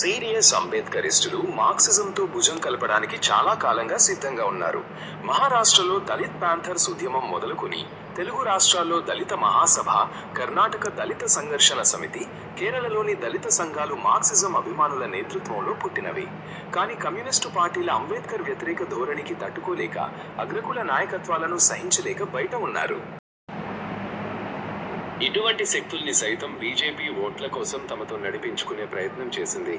Serious అంబేడ్కరిస్టులు మార్క్సిజంతో భుజం కలుపడానికి చాలా కాలంగా సిద్ధంగా ఉన్నారు. మహారాష్ట్రలో దళిత్ పాంథర్స్ ఉద్యమం మొదలుకొని, తెలుగు రాష్ట్రాల్లో దళిత మహాసభ, కర్ణాటక దళిత సంఘర్షణ సమితి, కేరళలోని దళిత సంఘాలు మార్క్సిజం అభిమానుల నేతృత్వంలో పుట్టినవే. కానీ కమ్యూనిస్టు పార్టీల అంబేడ్కర్ వ్యతిరేక ధోరణికి తట్టుకోలేక, అగ్రకుల నాయకత్వాలను సహించలేక బయట ఉన్నారు. ఇటువంటి శక్తుల్ని సైతం బీజేపీ ఓట్ల కోసం తమతో నడిపించుకునే ప్రయత్నం చేసింది.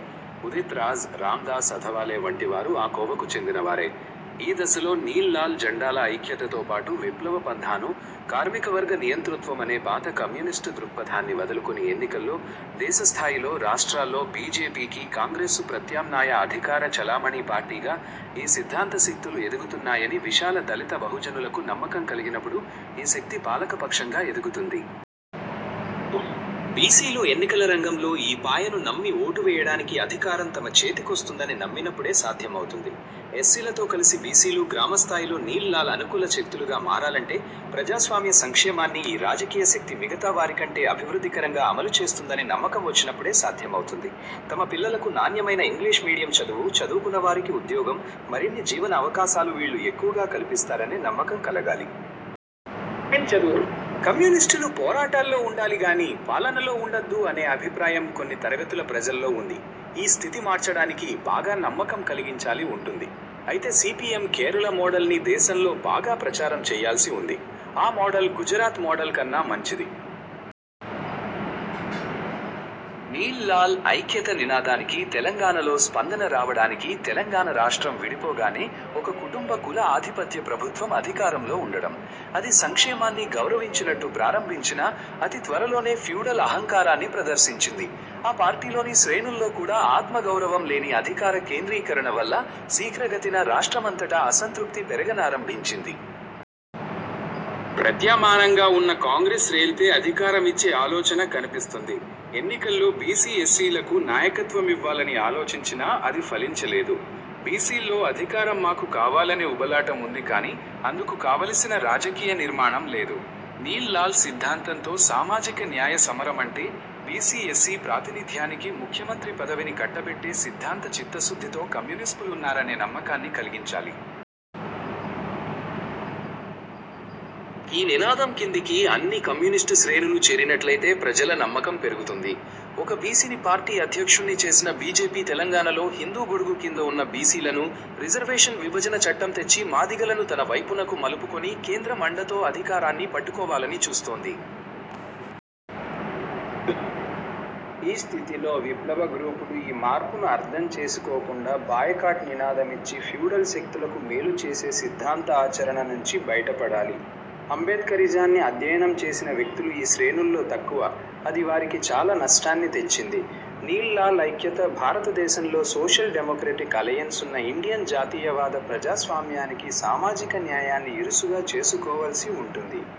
ఉదిత్రాజ్, రామదాస్ అథవాలే వంటి వారు ఆ కోవకు చెందిన వారే. ఈ దశలో నీల్–లాల్ జెండాల ఐక్యతతో పాటు విప్లవ పంథాను, కార్మికవర్గ నియంతృత్వమనే పాత కమ్యూనిస్టు దృక్పథాన్ని వదులుకొని ఎన్నికల్లో దేశ స్థాయిలో, రాష్ర్టాల్లో బీజేపీకి, కాంగ్రెస్కు ప్రత్యామ్నాయ అధికార చలామణి పార్టీగా ఈ సిద్ధాంత శక్తులు ఎదుగుతున్నాయని విశాల దళిత బహుజనులకు నమ్మకం కలిగినప్పుడు ఈ శక్తి పాలకపక్షంగా ఎదుగుతుంది. బీసీలు ఎన్నికల రంగంలో ఈ పాయను నమ్మి ఓటు వేయడానికి అధికారం తమ చేతికొస్తుందని నమ్మినప్పుడే సాధ్యమవుతుంది. ఎస్సీలతో కలిసి బీసీలు గ్రామస్థాయిలో నీల్–లాల్ అనుకూల శక్తులుగా మారాలంటే ప్రజాస్వామ్య సంక్షేమాన్ని ఈ రాజకీయ శక్తి మిగతా వారికంటే అభివృద్ధికరంగా అమలుచేస్తుందని నమ్మకమొచ్చినప్పుడే సాధ్యమౌతుంది. తమ పిల్లలకు నాణ్యమైన ఇంగ్లీష్ మీడియం చదువు, చదువుకున్న వారికి ఉద్యోగం, మరిన్ని జీవన అవకాశాలు వీళ్ళు ఎక్కువగా కల్పిస్తారనే నమ్మకం కలగాలి. కమ్యూనిస్టులు పోరాటాల్లో ఉండాలి గానీ పాలనలో ఉండొద్దు అనే అభిప్రాయం కొన్ని తరగతుల ప్రజల్లో ఉంది. ఈ స్థితి మార్చడానికి బాగా నమ్మకం కలిగించాల్సి ఉంటుంది. అయితే సీపీఎం కేరళ మోడల్ని దేశంలో బాగా ప్రచారం చెయ్యాల్సి ఉంది. ఆ మోడల్ గుజరాత్ మోడల్ కన్నా మంచిది. నీల్–లాల్ ఐక్యత నినాదానికి తెలంగాణలో స్పందన రావడానికి తెలంగాణ రాష్ట్రం విడిపోగానే ఒక కుటుంబ, కుల ఆధిపత్య ప్రభుత్వం అధికారంలో ఉండడం. అది సంక్షేమాన్ని గౌరవించినట్టు ప్రారంభించినా, అతి త్వరలోనే ఫ్యూడల్ అహంకారాన్ని ప్రదర్శించింది. ఆ పార్టీలోని శ్రేణుల్లో కూడా ఆత్మగౌరవం లేని అధికార కేంద్రీకరణ వల్ల శీఘ్రగతిన రాష్ట్రమంతటా అసంతృప్తి పెరగనారంభించింది. ప్రత్యామ్నాయంగా ఉన్న కాంగ్రెస్ రెడ్లకే అధికారమిచ్చే ఆలోచన కనిపిస్తుంది. ఎన్నికల్లో బీసీ, ఎస్సీలకు నాయకత్వమివ్వాలని ఆలోచించినా అది ఫలించలేదు. బీసీల్లో అధికారం మాకు కావాలనే ఉబలాటం ఉంది కానీ అందుకు కావలసిన రాజకీయ నిర్మాణం లేదు. నీల్–లాల్ సిద్ధాంతంతో సామాజిక న్యాయ సమరమంటే బీసీ, ఎస్సీ ప్రాతినిధ్యానికి ముఖ్యమంత్రి పదవిని కట్టబెట్టే సిద్ధాంత చిత్తశుద్ధితో కమ్యూనిస్టులున్నారనే నమ్మకాన్ని కలిగించాలి. ఈ నినాదం కిందికి అన్ని కమ్యూనిస్టు శ్రేణులు చేరినట్లయితే ప్రజల నమ్మకం పెరుగుతుంది. ఒక బీసీని పార్టీ అధ్యక్షుణ్ణి చేసిన బీజేపీ తెలంగాణలో హిందూ గొడుగు కింద ఉన్న బీసీలను, రిజర్వేషన్ విభజన చట్టం తెచ్చి మాదిగలను తన వైపునకు మలుపుకొని, కేంద్రం అండతో అధికారాన్ని పట్టుకోవాలని చూస్తుంది. ఈ స్థితిలో విప్లవ గ్రూపులు ఈ మార్పును అర్థం చేసుకోకుండా బాయ్కాట్ నినాదమిచ్చి ఫ్యూడల్ శక్తులకు మేలుచేసే సిద్ధాంత ఆచరణ నుంచి బయటపడాలి. అంబేడ్కరిజాన్ని అధ్యయనం చేసిన వ్యక్తులు ఈ శ్రేణుల్లో తక్కువ. అది వారికి చాలా నష్టాన్ని తెచ్చింది. నీల్–లాల్ ఐక్యత, భారతదేశంలో సోషల్ డెమోక్రాటిక్ అలయెన్స్ను ఇండియన్ జాతీయవాద ప్రజాస్వామ్యానికి సామాజిక న్యాయాన్ని ఇరుసుగా చేసుకోవలసి ఉంటుంది.